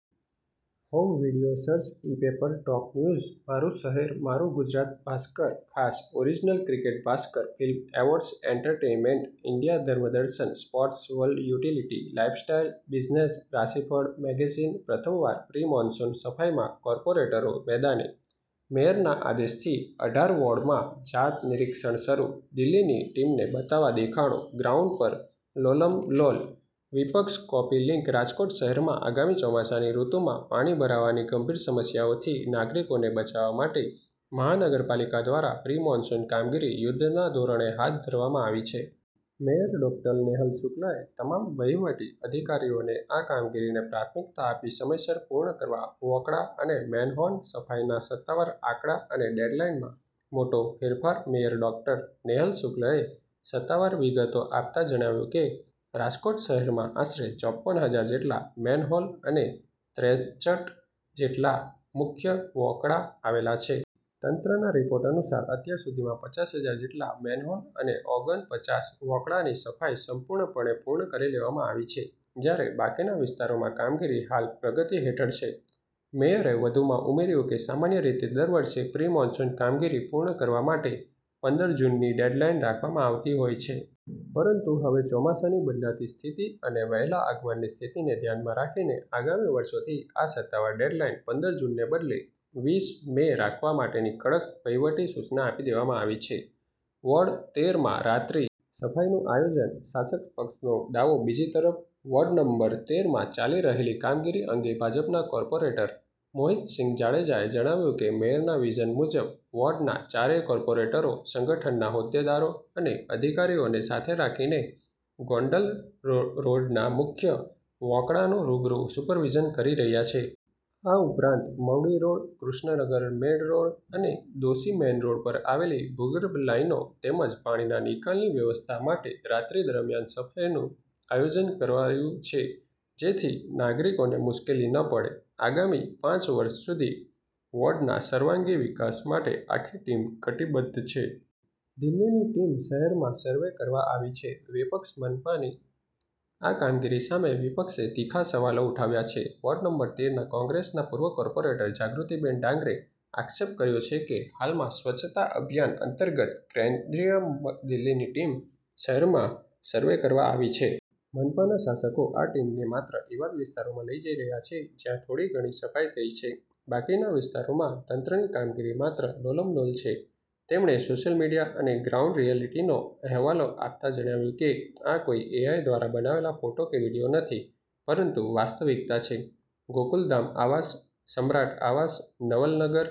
Home video search e-paper top news મારું શહેર મારું ગુજરાત ભાસ્કર ખાસ original cricket Bhaskar film awards entertainment India ધર્મ દર્શન sports world utility lifestyle business રાશિફળ મેગેઝિન પ્રથમવાર પ્રિ-મોન્સુન સફાઈમાં કોર્પોરેટરો મેદાને: મેયરના આદેશથી અઢાર વોર્ડમાં જાત-નિરીક્ષણ શરૂ, દિલ્હીની ટીમને બતાવવા દેખાડો, ગ્રાઉન્ડ પર 'લોલમ લોલ': વિપક્ષ કૉપી લિંક રાજકોટ શહેરમાં આગામી ચોમાસાની ઋતુમાં પાણી ભરાવાની ગંભીર સમસ્યાઓથી નાગરિકોને બચાવવા માટે મહાનગરપાલિકા દ્વારા પ્રિ-મોન્સુન કામગીરી યુદ્ધના ધોરણે હાથ ધરવામાં આવી છે. મેયર ડો. નેહલ શુક્લએ તમામ વહીવટી અધિકારીઓને આ કામગીરીને પ્રાથમિકતા આપી સમયસર પૂર્ણ કરવા વોંકળા અને મેનહોલ સફાઈના સત્તાવાર આંકડા અને ડેડલાઇનમાં મોટો ફેરફાર મેયર ડો. નેહલ શુક્લએ સત્તાવાર વિગતો આપતા જણાવ્યું કે, રાજકોટ શહેરમાં આશરે ચોપન હજાર જેટલા મેનહોલ અને ત્રેચઠ જેટલા મુખ્ય વોંકળા આવેલા છે. તંત્રના રિપોર્ટ અનુસાર, અત્યાર સુધીમાં પચાસ હજાર જેટલા મેનહોલ અને ઓગન પચાસ વોંકળાની સફાઈ સંપૂર્ણપણે પૂર્ણ કરી લેવામાં આવી છે, જ્યારે બાકીના વિસ્તારોમાં કામગીરી હાલ પ્રગતિ હેઠળ છે. મેયરે વધુમાં ઉમેર્યું કે, સામાન્ય રીતે દર વર્ષે પ્રિ-મોન્સુન કામગીરી પૂર્ણ કરવા માટે પંદર જૂનની ડેડલાઇન રાખવામાં આવતી હોય છે. પરંતુ હવે ચોમાસાની બદલાતી સ્થિતિ અને વહેલા આગમનની સ્થિતિને ધ્યાનમાં રાખીને, આગામી વર્ષોથી આ સત્તાવાર ડેડલાઇન પંદર જૂનને બદલે વીસ મે રાખવા માટેની કડક વહીવટી સૂચના આપી દેવામાં આવી છે. વોર્ડ-તેર માં રાત્રિ સફાઈનું આયોજન, શાસક પક્ષનો દાવો બીજી તરફ, વોર્ડ નંબર તેર માં ચાલી રહેલી કામગીરી અંગે ભાજપના કોર્પોરેટર મોહિતસિંહ જાડેજાએ જણાવ્યું કે, મેયરના વિઝન મુજબ વોર્ડના ચારેય કોર્પોરેટરો સંગઠનના હોદ્દેદારો અને અધિકારીઓને સાથે રાખીને ગોંડલ રોડના મુખ્ય વોંકળાનું રૂબરૂ સુપરવિઝન કરી રહ્યા છે. આ ઉપરાંત, Mavdi road, Krishnanagar main road અને દોશી મેઈન રોડ પર આવેલી ભૂગર્ભ લાઈનો તેમજ પાણીના નિકાલની વ્યવસ્થા માટે રાત્રિ દરમિયાન સફાઈનું ખાસ આયોજન કરાયું છે, જેથી નાગરિકોને મુશ્કેલી ન પડે. આગામી પાચ વર્ષ સુધી વોર્ડના સર્વાંગી વિકાસ માટે આખી ટીમ કટિબદ્ધ છે. દિલ્હીની ટીમ શહેરમાં સર્વે કરવા આવી છેઃ વિપક્ષ મનપાની આ કામગીરી સામે વિપક્ષે તીખા સવાલો ઉઠાવ્યા છે. વોર્ડ નંબર તેર ના કોંગ્રેસના પૂર્વ કોર્પોરેટર જાગૃતિબેન ડાંગરે આક્ષેપ કર્યો છે કે, હાલમાં સ્વચ્છતા અભિયાન અંતર્ગત કેન્દ્રીય દિલ્હીની ટીમ શહેરમાં સર્વે કરવા આવી છે. મનપાના શાસકો આ ટીમને માત્ર એવા જ વિસ્તારોમાં લઈ જઈ રહ્યા છે, જ્યાં થોડી ઘણી સફાઈ થઈ છે, બાકીના વિસ્તારોમાં તંત્રની કામગીરી માત્ર 'લોલમ લોલ' છે. તેમણે સોશિયલ મીડિયા અને ગ્રાઉન્ડ રિયાલિટીનો હવાલો આપતા જણાવ્યું કે, આ કોઈ એઆઈ દ્વારા બનાવેલા ફોટા કે વીડિયો નથી, પરંતુ વાસ્તવિકતા છે. ગોકુલધામ આવાસ, સમ્રાટ આવાસ, નવલનગર.